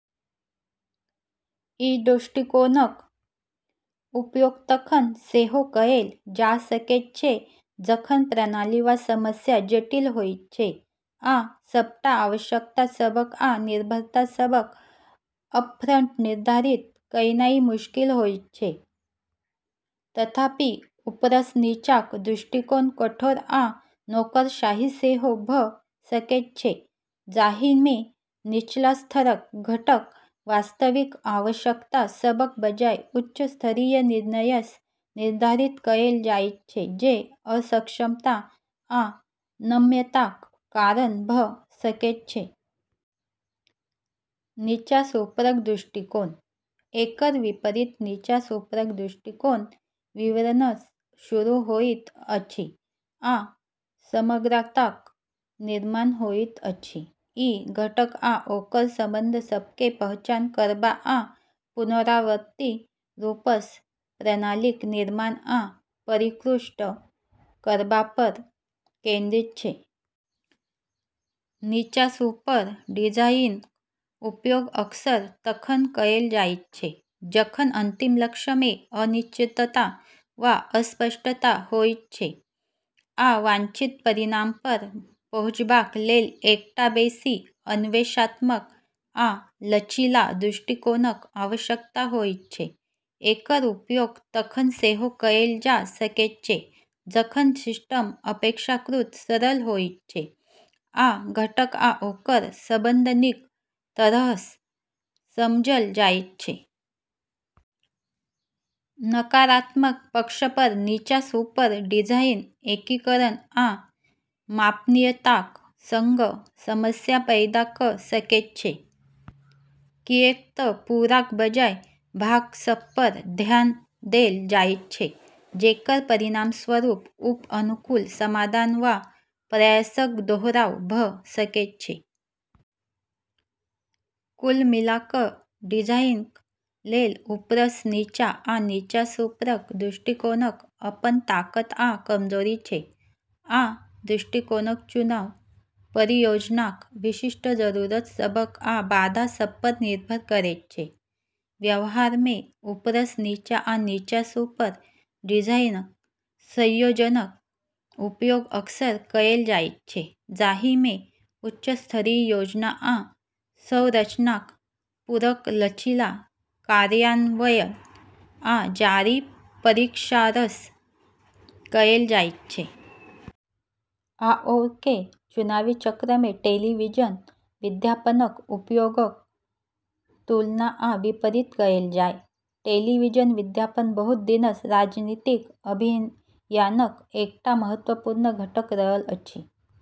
ई दृष्टिकोणक उपयोग तखन सेहो कएल जा सकैत छै जखन प्रणाली वा समस्या जटिल होइत छै, आ सबटा आवश्यकता सभक आ निर्भरता सभक अपफ्रंट निर्धारित करनाइ मुश्किल होइत छै। तथापि, ऊपरसँ नीचाक दृष्टिकोण कठोर आ नौकरशाही सेहो भऽ सकैत छै, जाहिमे निचला स्तरक घटक वास्तविक आवश्यकता सभक बजाय उच्च स्तरीय निर्णयसँ निर्धारित कएल जाइत छै, जे अक्षमता आ अनम्यताक कारण भऽ सकैत छै। नीचाँसँ ऊपरक दृष्टिकोण: एकर विपरीत नीचाँसँ ऊपरक दृष्टिकोण विवरणसँ शुरू होइत अछि आ समग्रताक निर्माण होइत अछि। ई घटक आ ओकर संबंध सभकेँ पहचान करबा आ पुनरावर्ती रूपसँ प्रणालीक निर्माण आ परिष्कृत करबापर केंद्रित छै। नीचाँसँ ऊपर डिजाइनक उपयोग अक्सर तखन कएल जाइत छै जखन अंतिम लक्ष्यमे अनिश्चितता वा अस्पष्टता होइत छै, आ वांछित परिणामपर पहुँचबाक लेल एकटा बेसी अन्वेषणात्मक आ लचीला दृष्टिकोणक आवश्यकता होइत छै। एकर उपयोग तखन सेहो कएल जा सकैत छै जखन सिस्टम अपेक्षाकृत सरल होइत छै, आ घटक आ ओकर संबंध नीक तरहसँ समझल जाइत छै। नकारात्मक पक्षपर, नीचाँसँ ऊपर डिजाइन एकीकरण आ मापनीयताक संग समस्या पैदा कऽ सकैत छै, किऐक तऽ पूराक बजाय भाग सभपर ध्यान देल जाइत छै, जेकर परिणामस्वरूप उप-अनुकूल समाधान वा प्रयासक दोहराव भऽ सकैत छै। कुल मिला कऽ, डिजाइनक लेल ऊपरसँ नीचा आ नीचासँ ऊपरक दृष्टिकोणक अपन ताकत आ कमजोरी छै, आ दृष्टिकोणक चुनाव परियोजनाक विशिष्ट जरूरत सभक आ बाधा सभपर निर्भर करैत छै। व्यवहारमे, ऊपरसँ नीचा आ नीचासँ ऊपर डिजाइनक संयोजनक उपयोग अक्सर कएल जाइत छै, जाहिमे उच्च स्तरीय योजना आ संरचनाक पूरक लचीला कार्यान्वयन आ जारी परिष्कारसँ कएल जाइत छै। आओरके चुनावी चक्रमे टेलीविजन विज्ञापनक उपयोगक तुलना आ विपरीत कएल जाय। टेलीविजन विज्ञापन बहुत दिनसँ राजनीतिक अभियानक एकटा महत्वपूर्ण घटक रहल अछि।